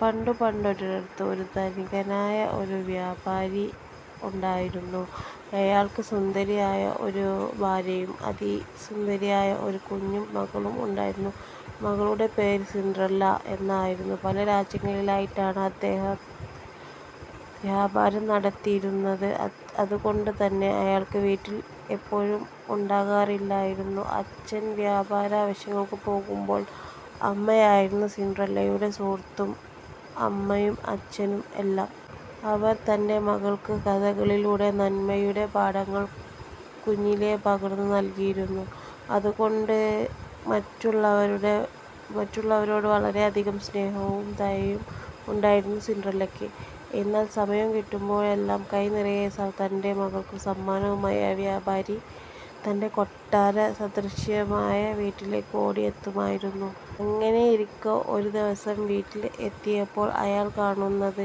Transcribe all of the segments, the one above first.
പണ്ടു പണ്ടൊരിടത്തു ഒരു ധനികനായ വ്യാപാരി ഉണ്ടായിരുന്നു. അയാൾക്ക് സുന്ദരിയായ ഒരു ഭാര്യയും അതി സുന്ദരിയായ ഒരു കുഞ്ഞു മകളും ഉണ്ടായിരുന്നു. മകളുടെ പേര് സിൻഡ്രല്ല എന്നായിരുന്നു. പല രാജ്യങ്ങളിലായിട്ടായിരുന്നു അയാൾ വ്യാപാരം നടത്തിയിരുന്നത്. അതുകൊണ്ടു തന്നെ അയാൾ വീട്ടിൽ എപ്പോഴും ഉണ്ടാകാറില്ലായിരുന്നു. അച്ഛൻ വ്യാപാര ആവശ്യങ്ങൾക്ക് പോകുമ്പോഴും അമ്മയായിരുന്നു സിൻഡ്രല്ലയുടെ സുഹൃത്തും അമ്മയും അച്ഛനും എല്ലാം. അവർ തന്റെ മകൾക്കു കഥകളിലൂടെ നന്മയുടെ പാഠങ്ങൾ കുഞ്ഞിലേ പകർന്നു നൽകിയിരുന്നു. അതുകൊണ്ടു തന്നെ മറ്റുള്ളവരോട് വളരെയധികം സ്നേഹവും ദയയും ഉണ്ടായിരുന്നു സിൻഡ്രല്ലയ്ക്ക്. എന്നാൽ സമയം കിട്ടുമ്പോഴെല്ലാം കൈ നിറയെ തന്റെ മകൾക്കു സമ്മാനവുമായി ആ വ്യാപാരി തന്റെ കൊട്ടാര സദൃശമായ വീട്ടിലേക്ക് ഓടി എത്തുമായിരുന്നു. അങ്ങനെയിരിക്കെ ഒരു ദിവസം തന്റെ വീട്ടിൽ എത്തിയപ്പോൾ അയാൾ കാണുന്നത്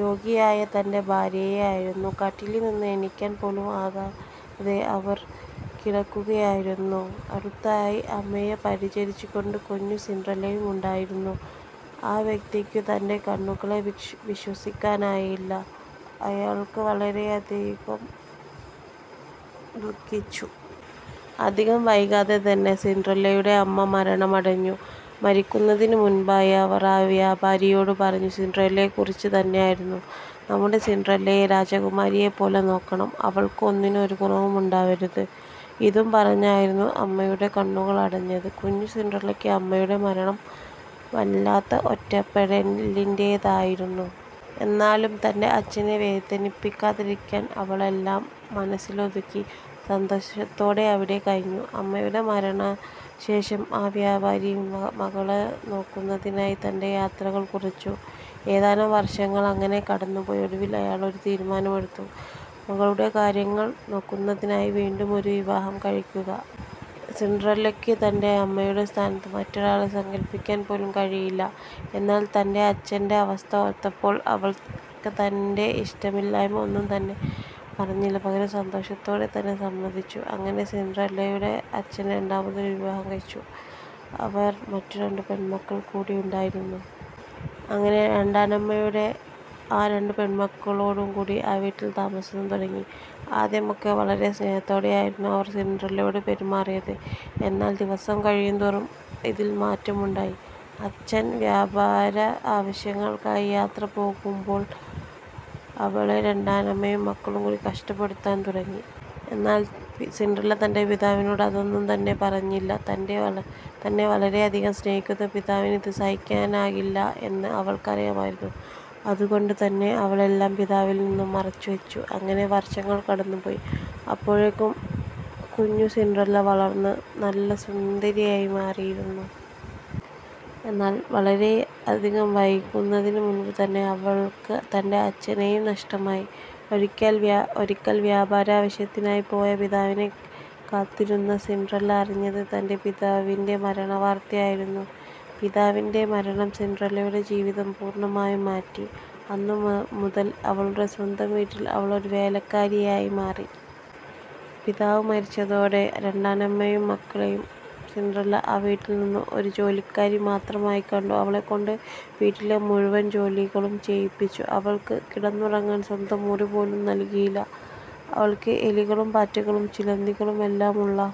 രോഗിയായ തന്റെ ഭാര്യയെ ആയിരുന്നു. കട്ടിലിൽ ഒന്ന് എണീറ്റിരിക്കാൻ പോലും ആകാതെ അവർ കിടക്കുകയായിരുന്നു. അടുത്തായി അമ്മയെ പരിചരിച്ചു കൊണ്ട് കുഞ്ഞു സിൻഡ്രല്ലയും ഉണ്ടായിരുന്നു. ആ വ്യാപാരിക്കു തന്റെ കണ്ണുകളെ വിശ്വസിക്കാൻ ആയില്ല. അയാൾ വളരെയധികം ദുഃഖിച്ചു. അധികം വൈകാതെ തന്നെ സിൻഡ്രല്ലയുടെ അമ്മ മരണമടഞ്ഞു. മരിക്കുന്നതിനു മുൻപായി അവർ ആ വ്യാപാരിയോട് പറഞ്ഞതും സിൻഡ്രല്ലയെക്കുറിച്ചു തന്നെയായിരുന്നു. "നമ്മുടെ സിൻഡ്രല്ലയെ രാജകുമാരിയെ പോലെ നോക്കണം. അവൾക്ക് ഒന്നിനും ഒരു കുറവും ഉണ്ടാക്കരുത്. " ഇതും പറഞ്ഞായിരുന്നു അമ്മയുടെ കണ്ണുകളടഞ്ഞത്. കുഞ്ഞു സിൻഡ്രല്ലക്ക് അമ്മയുടെ മരണം വല്ലാത്ത ഒറ്റപ്പെടലിന്റേത് ആയിരുന്നു. എന്നാലും തന്റെ അച്ഛനെ വേദനിപ്പിക്കാതിരിക്കാൻ അവൾ അതെല്ലാം മനസ്സിലൊതുക്കി സന്തോഷത്തോടെ അവിടെ കഴിഞ്ഞു. അമ്മയുടെ മരണ ശേഷം ആ വ്യാപാരി മകളെ നോക്കുന്നതിനായി തന്റെ യാത്രകൾ കുറച്ചു. ഏതാനും വർഷങ്ങൾ അങ്ങനെ കടന്നു പോയി. ഒടുവിൽ അയാൾ ഒരു തീരുമാനം എടുത്തു. മകളുടെ കാര്യങ്ങൾ നോക്കുന്നതിനായി വീണ്ടുമൊരു വിവാഹം കഴിക്കുക. സിൻഡ്രല്ലയ്ക്കു തന്റെ അമ്മയുടെ സ്ഥാനത്ത് മറ്റൊരാളെ സങ്കല്പിക്കാൻ പോലും കഴിയില്ലായിരുന്നു. എന്നാൽ തന്റെ അച്ഛന്റെ അവസ്ഥ ഓർത്തപ്പോൾ അവൾ തന്റെ ഇഷ്ടമില്ലായ്മ ഒന്നും തന്നെ പറഞ്ഞില്ല. പകരം സന്തോഷത്തോടെ തന്നെ സമ്മതിച്ചു. അങ്ങനെ സിൻഡ്രല്ലയുടെ അച്ഛൻ രണ്ടാമതൊരു വിവാഹം കഴിച്ചു. അവർക്ക് മറ്റു രണ്ടു പെണ്മക്കൾ കൂടി ഉണ്ടായിരുന്നു. അങ്ങനെ രണ്ടാനമ്മയും ആ രണ്ടു പെൺമക്കളും കൂടി ആ വീട്ടിൽ താമസം തുടങ്ങി. ആദ്യമൊക്കെ വളരെ സ്നേഹത്തോടെ തന്നെയായിരുന്നു അവർ സിൻഡ്രല്ലയോട് പെരുമാറിയിരുന്നത്. എന്നാൽ ദിവസങ്ങൾ കഴിയുന്തോറും ഇതിൽ മാറ്റം ഉണ്ടായി. അച്ഛൻ വ്യാപാര ആവശ്യങ്ങളുമായി യാത്ര പോകുമ്പോൾ അവളെ രണ്ടാനമ്മയും മക്കളും കൂടി കഷ്ടപ്പെടുത്താൻ തുടങ്ങി. എന്നാൽ സിൻഡ്രല്ല തന്റെ പിതാവിനോട് അതൊന്നും തന്നെ പറഞ്ഞിരുന്നില്ല. തന്നെ വളരെയധികം സ്നേഹിക്കുന്ന പിതാവിന് ഇത് സഹിക്കാനാകില്ല എന്ന് അവൾക്ക് അറിയാമായിരുന്നു. അതുകൊണ്ടു തന്നെ അവൾ എല്ലാം പിതാവിൽ നിന്നും മറച്ചു വച്ചു. അങ്ങനെ വർഷങ്ങൾ കടന്നു പോയി. അപ്പോഴേക്കും കുഞ്ഞു സിൻഡ്രല്ല വളർന്ന് നല്ല സുന്ദരിയായി മാറിയിരുന്നു. എന്നാൽ അധികം വൈകുന്നതിന് മുൻപ് തന്നെ അവൾക്ക് തന്റെ അച്ഛനെയും നഷ്ടമായി. ഒരിക്കൽ വ്യാപാര ആവശ്യത്തിനായി പോയ പിതാവിനെ കാത്തിരുന്ന സിൻഡ്രല്ല അറിഞ്ഞത് തന്റെ പിതാവിന്റെ മരണ വാർത്തയായിരുന്നു. പിതാവിന്റെ മരണം സിൻഡ്രല്ലയുടെ ജീവിതം പൂർണമായും മാറ്റി. അന്ന് മുതൽ അവളുടെ സ്വന്തം വീട്ടിൽ അവൾ ഒരു വേലക്കാരിയായി മാറി. പിതാവും കൂടെ മരിച്ചതോടെ രണ്ടാനമ്മയും മക്കളും സിൻഡ്രല്ലയെ ആ വീട്ടിൽ ഒരു ജോലിക്കാരി മാത്രമായി കണ്ടു. അവളെ കൊണ്ട് വീട്ടിലെ മുഴുവൻ ജോലികളും ചെയ്യിച്ചു. അവൾക്ക് കിടന്നുറങ്ങാൻ സ്വന്തം മുറി പോലും നൽകിയില്ല. അവൾ എലികളും പാറ്റകളും ചിലന്തികളുമെല്ലാം ഉള്ള